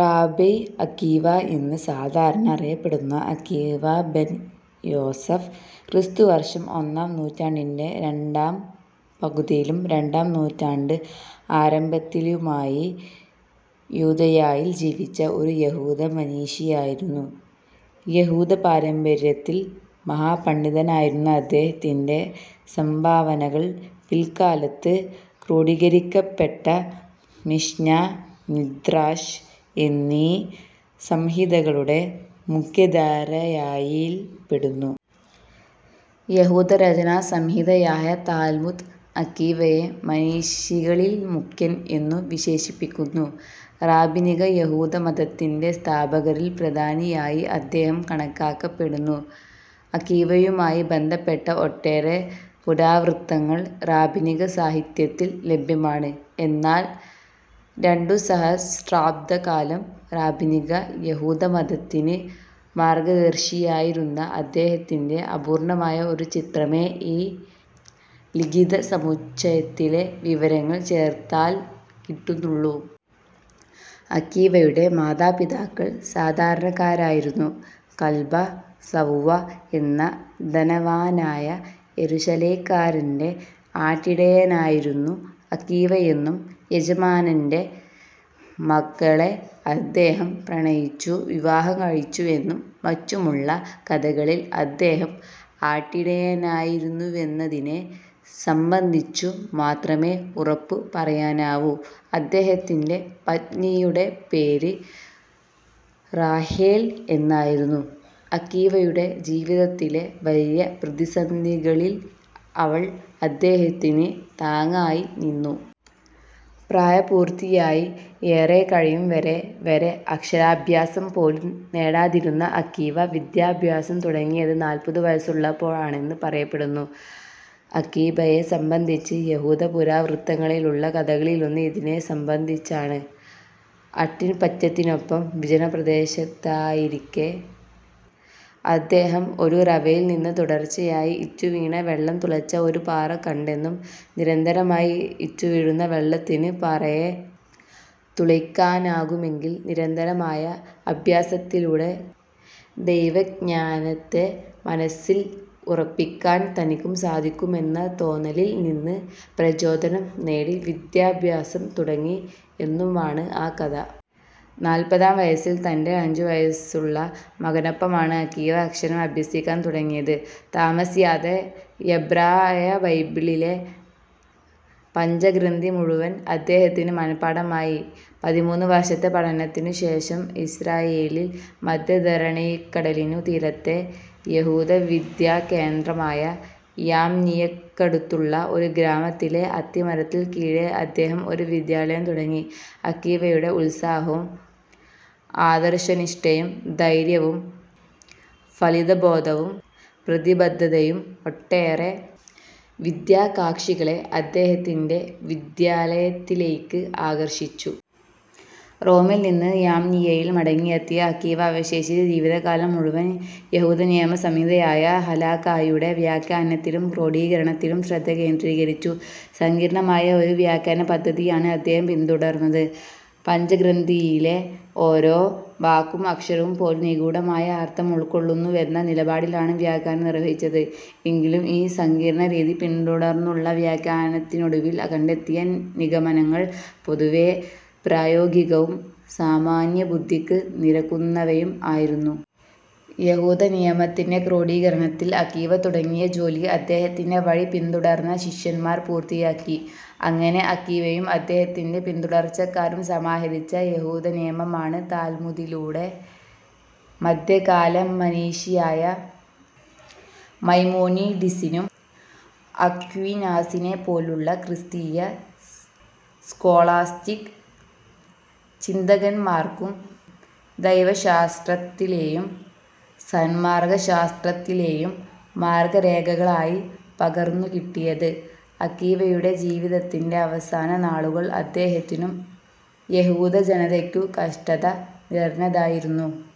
റാബൈ അഖീവ എന്ന് സാധാരണ അറിയപ്പെടുന്ന അഖീവ ബെൻ യോസെഫ് ക്രിസ്തുവർഷം ഒന്നാം നൂറ്റാണ്ടിന്റെ രണ്ടാം പകുതിയിലും രണ്ടാം നൂറ്റാണ്ട് ആരംഭത്തിലുമായി യൂദയായിൽ ജീവിച്ച ഒരു യഹൂദ മനീഷി ആയിരുന്നു. യഹൂദപാരമ്പര്യത്തിൽ മഹാപണ്ഡിതനായിരുന്ന അദ്ദേഹത്തിന്റെ സംഭാവനകൾ പിൽക്കാലത്ത് ക്രോഡീകരിക്കപ്പെട്ട മിഷ്നാ, മിദ്രാശ് എന്നീ സംഹിതകളുടെ മുഖ്യധാരയായിൽ പെടുന്നു. യഹൂദരചനാസംഹിതയായ താൽമുദ് അഖീവയെ മനീഷികളിൽ മുഖ്യൻ എന്നു വിശേഷിപ്പിക്കുന്നു. റാബിനിക യഹൂദമതത്തിന്റെ സ്ഥാപകരിൽ പ്രധാനിയായി അദ്ദേഹം കണക്കാക്കപ്പെടുന്നു. അഖീവയുമായി ബന്ധപ്പെട്ട ഒട്ടേറെ പുരാവൃത്തങ്ങൾ റാബിനിക സാഹിത്യത്തിൽ ലഭ്യമാണ്. എന്നാൽ രണ്ടുസഹസ്രാബ്ദക്കാലം റാബിനിക യഹൂദമതത്തിന് മാർഗദർശിയായിരുന്ന അദ്ദേഹത്തിന്റെ അപൂർണ്ണമായ ഒരു ചിത്രമേ ഈ ലിഖിതസമുച്ചയത്തിലെ വിവരങ്ങൾ ചേർത്താൽ കിട്ടുന്നുള്ളു. അഖീവയുടെ മാതാപിതാക്കൾ സാധാരണക്കാരായിരുന്നു. കൽബാ സവുവാ എന്ന ധനവാനായ യെരുശലേകാരന്റെ ആട്ടിടയനായിരുന്നു അഖീവയെന്നും യജമാനന്റെ മകളെ അദ്ദേഹം പ്രണയിച്ചു വിവാഹം കഴിച്ചുവെന്നും മറ്റുമുള്ള കഥകളിൽ അദ്ദേഹം ആട്ടിടയനായിരുന്നുവെന്നതിനെ സംബന്ധിച്ചു മാത്രമേ ഉറപ്പു പറയാനാവൂ. അദ്ദേഹത്തിന്റെ പത്നിയുടെ പേർ റാഹേൽ എന്നായിരുന്നു. അഖീവയുടെ ജീവിതത്തിലെ വലിയ പ്രതിസന്ധികളിൽ അവൾ അദ്ദേഹത്തിന് താങ്ങായി നിന്നു. പ്രായപൂർത്തിയായി ഏറെക്കഴിയുംവരെ വരെ അക്ഷരാഭ്യാസം പോലും നേടാതിരുന്ന അഖീവ വിദ്യാഭ്യാസം തുടങ്ങിയത് നാല്പതു വയസ്സുള്ളപ്പോഴാണെന്ന് പറയപ്പെടുന്നു. അഖീബയെ സംബന്ധിച്ച് യഹൂദപുരാവൃത്തങ്ങളിലുള്ള കഥകളിലൊന്ന് ഇതിനെ സംബന്ധിച്ചാണ്. അട്ടിൻപറ്റത്തിനൊപ്പം വിജനപ്രദേശത്തായിരിക്കെ അദ്ദേഹം ഒരുറവയിൽ നിന്ന് തുടർച്ചയായി ഇറ്റുവീണ വെള്ളം തുളച്ച ഒരു പാറ കണ്ടെന്നും, നിരന്തരമായി ഇറ്റുവീഴുന്ന വെള്ളത്തിന് പാറയെ തുളയ്ക്കാനാകുമെങ്കിൽ നിരന്തരമായ അഭ്യാസത്തിലൂടെ ദൈവജ്ഞാനത്തെ മനസ്സിൽ ഉറപ്പിക്കാൻ തനിക്കും സാധിക്കുമെന്ന തോന്നലിൽ നിന്ന് പ്രചോദനം നേടി വിദ്യാഭ്യാസം തുടങ്ങി എന്നുമാണ് ആ കഥ. നാല്പതാം വയസ്സിൽ തന്റെ അഞ്ചുവയസ്സുള്ള മകനൊപ്പമാണ് അഖീവ അക്ഷരം അഭ്യസിക്കാൻ തുടങ്ങിയത്. താമസിയാതെ എബ്രായബൈബിളിലെ പഞ്ചഗ്രന്ഥിമുഴുവൻ അദ്ദേഹത്തിന് മന:പാഠമായി. പതിമൂന്നു വർഷത്തെ പഠനത്തിനു ശേഷം ഇസ്രായേലിൽ മദ്ധ്യധരണിക്കടലിനു തീരത്തെ യഹൂദവിദ്യാകേന്ദ്രമായ യാംനിയക്കടുത്തുള്ള ഒരു ഗ്രാമത്തിലെ അത്തിമരത്തിൻ കീഴെ അദ്ദേഹം ഒരു വിദ്യാലയം തുടങ്ങി. അഖീവയുടെ ഉത്സാഹവും, ആദർശനിഷ്ടയും, ധൈര്യവും, ഫലിതബോധവും, പ്രതിബദ്ധതയും ഒട്ടേറെ വിദ്യാകാക്ഷികളെ അദ്ദേഹത്തിന്റെ വിദ്യാലയത്തിലേയ്ക്ക് ആകർഷിച്ചു. റോമിൽ നിന്ന് യാംനിയയിൽ മടങ്ങിയെത്തിയ അഖീവ, അവശേഷിച്ച ജീവിതകാലം മുഴുവൻ യഹൂദനിയമസംഹിതയായ ഹലാഖായുടെ വ്യാഖ്യാനത്തിലും ക്രോഡീകരണത്തിലും ശ്രദ്ധകേന്ദ്രീകരിച്ചു. സങ്കീർണ്ണമായ ഒരു വ്യാഖ്യാനപദ്ധതിയാണ് അദ്ദേഹം പിന്തുടർന്നത്. പഞ്ചഗ്രന്ഥിയിലെ ഓരോ വാക്കും, അക്ഷരവും പോലും നിഗൂഢമായ അർത്ഥം ഉൾക്കൊള്ളുന്നുവെന്ന നിലപാടിലാണ് വ്യാഖ്യാനം നിർവഹിച്ചത്. എങ്കിലും ഈ സങ്കീർണ്ണരീതി പിന്തുടർന്നുള്ള വ്യാഖ്യാനത്തിനൊടുവിൽ കണ്ടെത്തിയ നിഗമനങ്ങൾ പൊതുവേ പ്രായോഗികവും സാമാന്യബുദ്ധിക്ക് നിരക്കുന്നവയും ആയിരുന്നു. യഹൂദനിയമത്തിന്റെ ക്രോഡീകരണത്തിൽ അഖീവ തുടങ്ങിയ ജോലി, അദ്ദേഹത്തിന്റെ വഴി പിന്തുടർന്ന ശിഷ്യന്മാർ പൂർത്തിയാക്കി. അങ്ങനെ അഖീവയും അദ്ദേഹത്തിന്റെ പിന്തുടർച്ചക്കാരും സമാഹരിച്ച യഹൂദനിയമമാണ്, താൽമുദിലൂടെ മദ്ധ്യകാലമനീഷിയായ മൈമോനിഡിസിനും അക്വീനാസിനെപ്പോലുള്ള ക്രിസ്തീയ സ്കോളാസ്റ്റിക് ചിന്തകന്മാർക്കും ദൈവശാസ്ത്രത്തിലേയും സന്മാർഗ്ഗശാസ്ത്രത്തിലേയും മാർഗ്ഗരേഖകളായി പകർന്നുകിട്ടിയത്. അഖീവയുടെ ജീവിതത്തിന്റെ അവസാനനാളുകൾ അദ്ദേഹത്തിനും യഹൂദജനതയ്ക്കും കഷ്ടത നിറഞ്ഞതായിരുന്നു.